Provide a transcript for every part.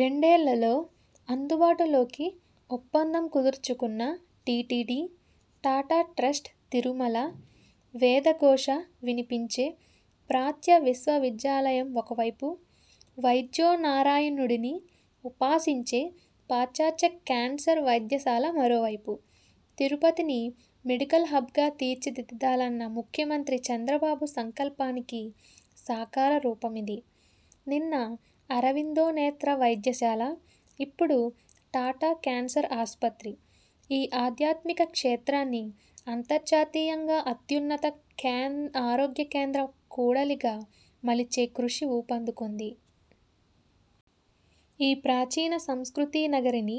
రెండేళ్లలో అందుబాటులో కిఒప్పందం కుదుర్చుకున్న టిటిడి, టాటా ట్రస్ట్ తిరుమల వేద ఘోష వినిపించే ప్రాచ్య విశ్వవిద్యాలయం ఒకవైపు, వైద్యో నారాయణుడిని ఉపాసించే పాశ్చాత్య కేన్సర్ వైద్యశాల మరోవైపు! తిరుపతిని మెడికల్ హబ్గా తీర్చిదిద్దాలన్న ముఖ్యమంత్రి చంద్రబాబు సంకల్పానికి సాకార రూపమిది! నిన్న అరవిందో నేత్ర వైద్యశాల, ఇప్పుడు టాటా కేన్సర్ ఆస్పత్రి, ఈ ఆధ్యాత్మిక క్షేత్రాన్ని అంతర్జాతీయంగా అత్యున్నత ఆరోగ్య కేంద్ర కూడలిగా మలిచే కృషి ఊపందుకొంది. ఈ ప్రాచీన సంస్కృతీ నగరిని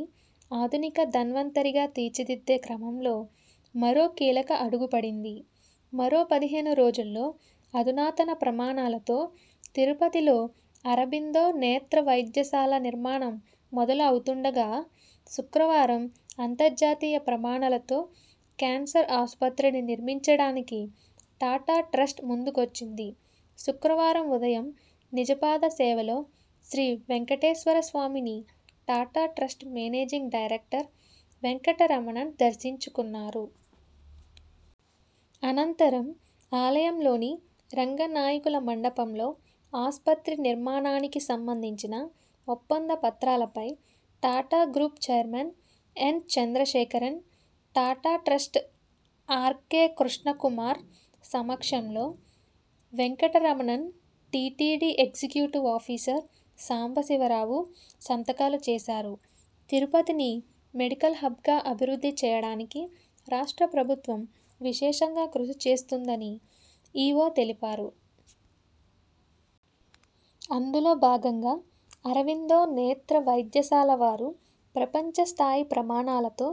ఆధునిక ధన్వంతరిగా తీర్చిదిద్దే క్రమంలో మరో కీలక అడుగుపడింది. మరో పదిహేను రోజుల్లో అధునాతన ప్రమాణాలతో తిరుపతిలో అరబిందో నేత్ర వైద్యశాల నిర్మాణం మొదలు అవుతుండగా.. శుక్రవారం అంతర్జాతీయ ప్రమాణాలతో కేన్సర్ ఆస్పత్రిని నిర్మించడానికి టాటా ట్రస్టు ముందుకొచ్చింది. శుక్రవారం ఉదయం నిజపాద సేవలో శ్రీవేంకటేశ్వర స్వామిని Tata trust managing director Venkataramanan దర్శించుకున్నారు. అనంతరం ఆలయంలోని రంగనాయకుల మండపంలో ఆస్పత్రి నిర్మాణానికి సంబంధించిన ఒప్పంద పత్రాలపై Tata group chairman N Chandrasekaran, Tata trust R K Krishna Kumar సమక్షంలో Venkataramanan, TTD executive officer Sambasivarao సంతకాలు చేశారు. తిరుపతిని మెడికల్ హబ్గా అభివృద్ధి చేయడానికి రాష్ట్ర ప్రభుత్వం విశేషంగా కృషి చేస్తోందని ఇ ఒ తెలిపారు. అందులో భాగంగా అరవిందో నేత్ర వైద్యశాల వారు ప్రపంచస్థాయి ప్రమాణాలతో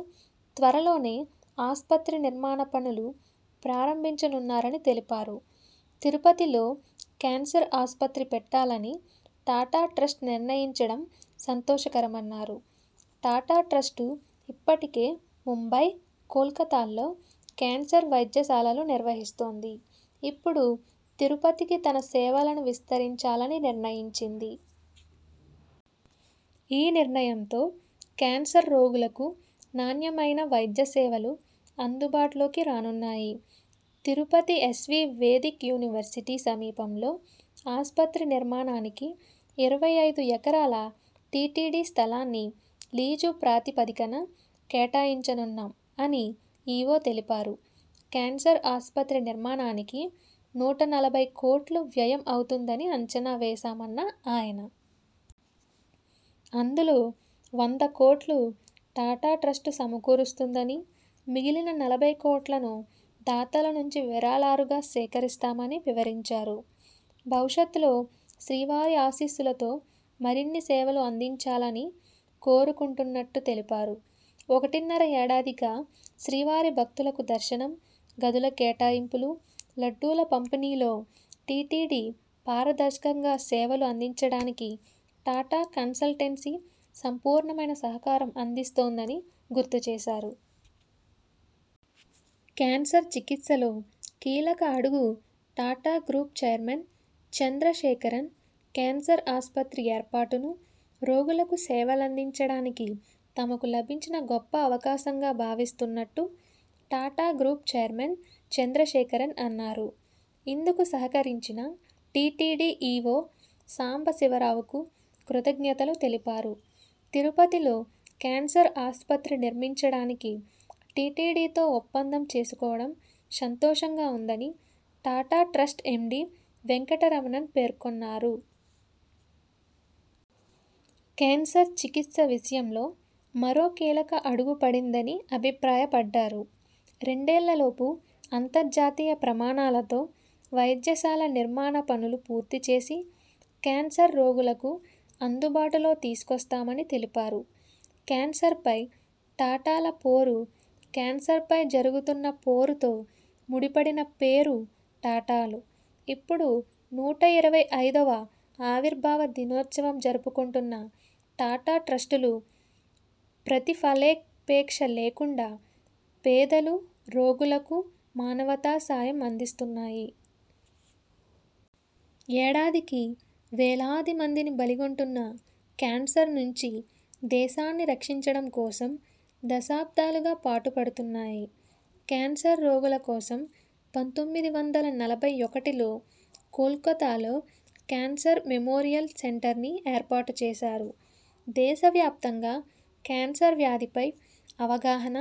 త్వరలోనే ఆస్పత్రి నిర్మాణ పనులు ప్రారంభించనున్నారని తెలిపారు. తిరుపతిలో కేన్సర్ ఆస్పత్రి పెట్టాలని టాటా ట్రస్ట్ నిర్ణయించడం సంతోషకరమన్నారు. ''టాటా ట్రస్టు ఇప్పటికే ముంబై, కోల్కతాల్లో కేన్సర్ వైద్యశాలలు నిర్వహిస్తోంది. ఇప్పుడు తిరుపతికి తన సేవలను విస్తరించాలని నిర్ణయించింది. ఈ నిర్ణయంతో కేన్సర్ రోగులకు నాణ్యమైన వైద్య సేవలు అందుబాటులోకి రానున్నాయి. తిరుపతి ఎస్వీ వేదిక్ యూనివర్సిటీ సమీపంలో ఆస్పత్రి నిర్మాణానికి ఇరవై ఐదు ఎకరాల టిటిడి స్థలాన్ని లీజు ప్రతిపాదికన కేటాయించనున్నాం అని ఇ ఒ తెలిపారు. కేన్సర్ ఆస్పత్రి నిర్మాణానికి నూట నలభై కోట్లు వ్యయం అవుతుందని అంచనా వేశామన్న ఆయన. అందులో వంద కోట్లు టాటా ట్రస్టు సమకూరుస్తుందని, మిగిలిన నలభై కోట్లను దాతల నుంచి విరాళాలుగా సేకరిస్తామని వివరించారు. భవిష్యత్లో శ్రీవారి ఆశీస్సులతో మరిన్ని సేవలు అందించాలని కోరుకుంటున్నట్టు తెలిపారు. ఒకటిన్నర ఏడాదిగా శ్రీవారి భక్తులకు దర్శనం, గదుల కేటాయింపులు, లడ్డూల పంపిణీలో టిటిడి పారదర్శకంగా సేవలు అందించడానికి టాటా కన్సల్టెన్సీ సంపూర్ణమైన సహకారం అందిస్తోందని గుర్తుచేశారు. కేన్సర్ చికిత్సలో కీలక అడుగు Tata group chairman Chandrasekaran cancer ఆస్పత్రి ఏర్పాటును, రోగులకు సేవలందించడానికి తమకు లభించిన గొప్ప అవకాశంగా భావిస్తున్నట్టు టాటా గ్రూప్ చైర్మన్ చంద్రశేఖరన్ అన్నారు. ఇందుకు సహకరించిన టిటిడి ఇ ఒ సాంబశివరావుకు కృతజ్ఞతలు తెలిపారు. తిరుపతిలో కేన్సర్ ఆస్పత్రి నిర్మించడానికి టిటిడితో ఒప్పందం చేసుకోవడం సంతోషంగా ఉందని టాటా ట్రస్టు ఎండి వెంకటరమణన్ పేర్కొన్నారు. కేన్సర్ చికిత్స విషయంలో మరో కీలక అడుగు పడిందని అభిప్రాయపడ్డారు. రెండేళ్లలోపు అంతర్జాతీయ ప్రమాణాలతో వైద్యశాల నిర్మాణ పనులు పూర్తిచేసి కేన్సర్ రోగులకు అందుబాటులో తీసుకొస్తామని తెలిపారు. కేన్సర్ పై టాటాల పోరు కేన్సర్ పై జరుగుతున్న పోరుతో ముడిపడిన పేరు టాటాలు. ఇప్పుడు నూట ఇరవై ఐదోవ ఆవిర్భావ దినోత్సవం జరుపుకొంటున్న టాటా ట్రస్టులు ప్రతిఫలాపేక్ష లేకుండా పేదలు, రోగులకు మానవతా సాయం అందిస్తున్నాయి. ఏడాదికి వేలాది మందిని బలిగొంటున్న కేన్సర్ నుంచి దేశాన్ని రక్షించడం కోసం దశాబ్దాలుగా పాటు పడుతున్నాయి. కేన్సర్ రోగుల కోసం పంతొమ్మిది వందల నలభై ఒకటిలో కోల్కతాలో కేన్సర్ మెమోరియల్ సెంటర్ని ఏర్పాటుచేశారు. దేశవ్యాప్తంగా కేన్సర్ వ్యాధిపై అవగాహన,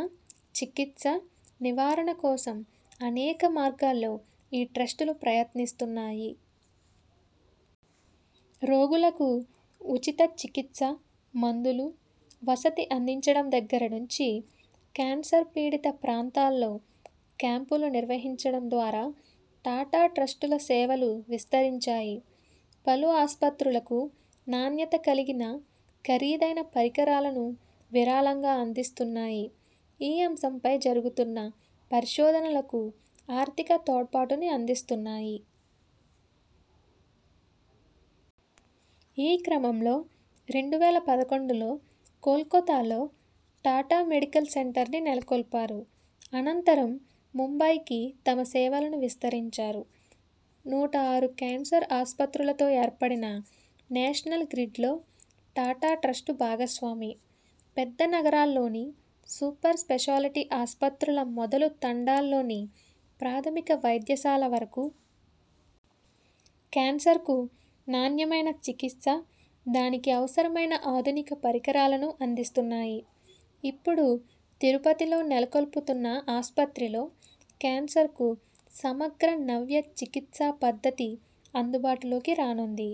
చికిత్స, నివారణ కోసం అనేక మార్గాల్లో ఈ ట్రస్టులు ప్రయత్నిస్తున్నాయి. రోగులకు ఉచిత చికిత్స, మందులు, వసతి అందించడం దగ్గర నుంచి కేన్సర్ పీడిత ప్రాంతాల్లో క్యాంపులు నిర్వహించడం ద్వారా టాటా ట్రస్టుల సేవలు విస్తరించాయి. పలు ఆస్పత్రులకు నాణ్యత కలిగిన ఖరీదైన పరికరాలను విరాళంగా అందిస్తున్నాయి. ఈ అంశంపై జరుగుతున్న పరిశోధనలకు ఆర్థిక తోడ్పాటుని అందిస్తున్నాయి. ఈ క్రమంలో రెండు వేల పదకొండులో కోల్కతాలో టాటా మెడికల్ సెంటర్ని నెలకొల్పారు. అనంతరం ముంబైకీ తమ సేవలను విస్తరించారు. నూట ఆరు కేన్సర్ ఆస్పత్రులతో ఏర్పడిన నేషనల్ గ్రిడ్లో టాటా ట్రస్టు భాగస్వామి. పెద్ద నగరాల్లోని సూపర్ స్పేషాలిటీ ఆస్పత్రుల మొదలు తండాల్లోని ప్రాథమిక వైద్యశాల వరకు.. కేన్సర్కు నాణ్యమైన చికిత్స, దానికి అవసరమైన ఆధునిక పరికరాలను అందిస్తున్నాయి. ఇప్పుడు తిరుపతిలో నెలకొల్పుతున్న ఆస్పత్రిలో కేన్సర్కు సమగ్ర నవ్య చికిత్సా పద్ధతి అందుబాటులోకి రానుంది.